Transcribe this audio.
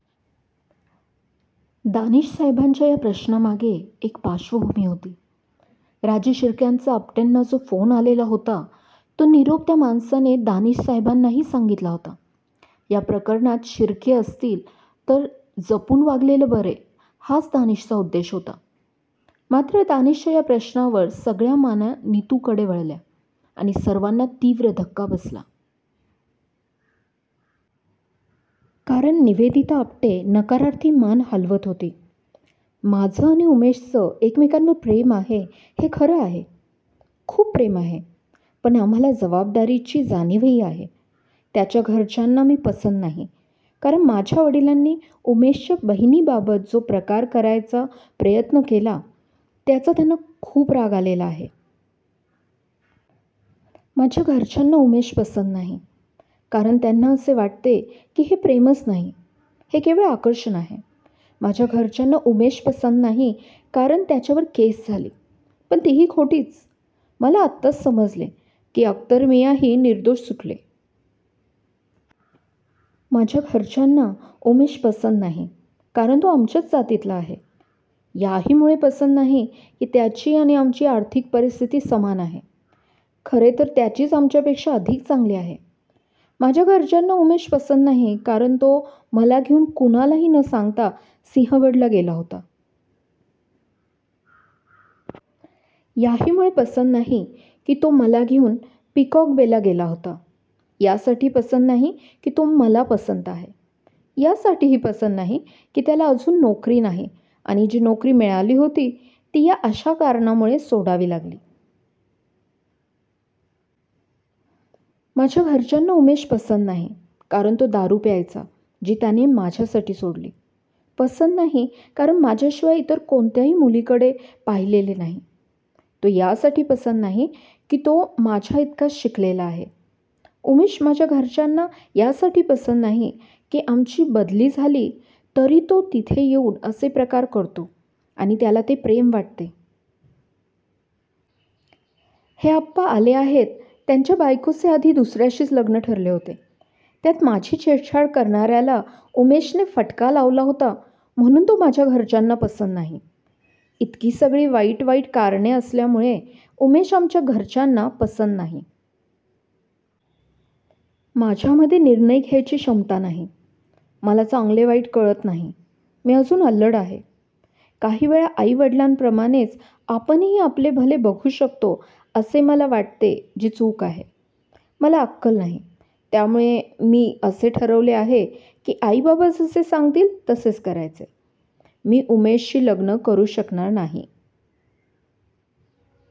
दानिशसाहेबांच्या या प्रश्नामागे एक पार्श्वभूमी होती. राजे शिर्केंचा आपटेंना जो फोन आलेला होता तो निरोप त्या माणसाने दानिशसाहेबांनाही सांगितला होता. या प्रकरणात शिर्के असतील तर जपून वागलेले बरे हाच दानिशचा उद्देश होता. मात्र दानिशच्या त्या प्रश्नावर सगळ्या माना नितुकडे वळल्या आणि सर्वांना तीव्र धक्का बसला. कारण निवेदिता आपटे नकारार्थी मान हालवत होती. माझं आणि उमेशचं एकमेकांवर प्रेम आहे हे खरं आहे. खूप प्रेम आहे. पण आम्हाला जबाबदारीची जाणीवही आहे. त्याच्या घरच्यांना मी पसंत नाही. कारण माझ्या वडिलांनी उमेशच्या बहिणीबाबत जो प्रकार करायचा प्रयत्न केला त्याचा त्यांना खूप राग आलेला आहे. माझ्या घरच्यांना उमेश पसंत नाही. कारण त्यांना असे वाटते की हे प्रेमच नाही. हे केवळ आकर्षण आहे. माझ्या घरच्यांना उमेश पसंत नाही कारण त्याच्यावर केस झाली. पण तीही खोटीच. मला आत्ताच समजले की अख्तरमियाँही निर्दोष सुटले. माझ्या घरच्यांना उमेश पसंत नाही कारण तो आमच्याच जातीतला आहे. याहीमुळे पसंत नाही की त्याची आणि आमची आर्थिक परिस्थिती समान आहे. खरे तर त्याचीच आमच्यापेक्षा अधिक चांगली आहे. माझ्या घरच्यांना उमेश पसंत नाही कारण तो मला घेऊन कुणालाही न सांगता सिंहगडला गेला होता. याहीमुळे पसंत नाही की तो मला घेऊन पिकॉकबेला गेला होता. यासाठी पसंत नाही की तो मला पसंत आहे.. यासाठीही पसंत नाही की त्याला अजून नोकरी नाही आणि जी नोकरी मिळाली होती ती या अशा कारणामुळे सोडावी लागली. माझ्या घरच्यांना उमेश पसंत नाही कारण तो दारू प्यायचा जी त्याने माझ्यासाठी सोडली. पसंत नाही कारण माझ्याशिवाय इतर कोणत्याही मुलीकडे पाहिलेले नाही. तो यासाठी पसंत नाही की तो माझ्याइतकाच शिकलेला आहे. उमेश माझ्या घरच्यांना यासाठी पसंत नाही की आमची बदली झाली तरी तो तिथे येऊन असे प्रकार करतो आणि त्याला ते प्रेम वाटते. हे आप्पा आले आहेत यांच्या बायकोचे आधी दुसर्याशीच लग्न ठरले होते. त्यात माझी छेडछाड करणार्याला उमेशने फटका लावला होता म्हणून तो माझ्या घरच्यांना पसंत नाही. इतकी सगळी वाईट वाईट कारणे असल्यामुळे उमेश आमच्या घरच्यांना पसंत नाही. माझ्यामधे निर्णय घ्यायची क्षमता नाही. मला चांगले वाईट कळत नाही. मी अजून अल्लड आहे. काही वेळा आई वडिलांप्रमाणेच आपणही आपले भले बघू शकतो असे मला वाटते जे चूक आहे. मला अक्कल नाही. त्यामुळे मी असे ठरवले आहे की आई बाबा जसे सांगतील तसेच करायचे. मी उमेशशी लग्न करू शकणार नाही.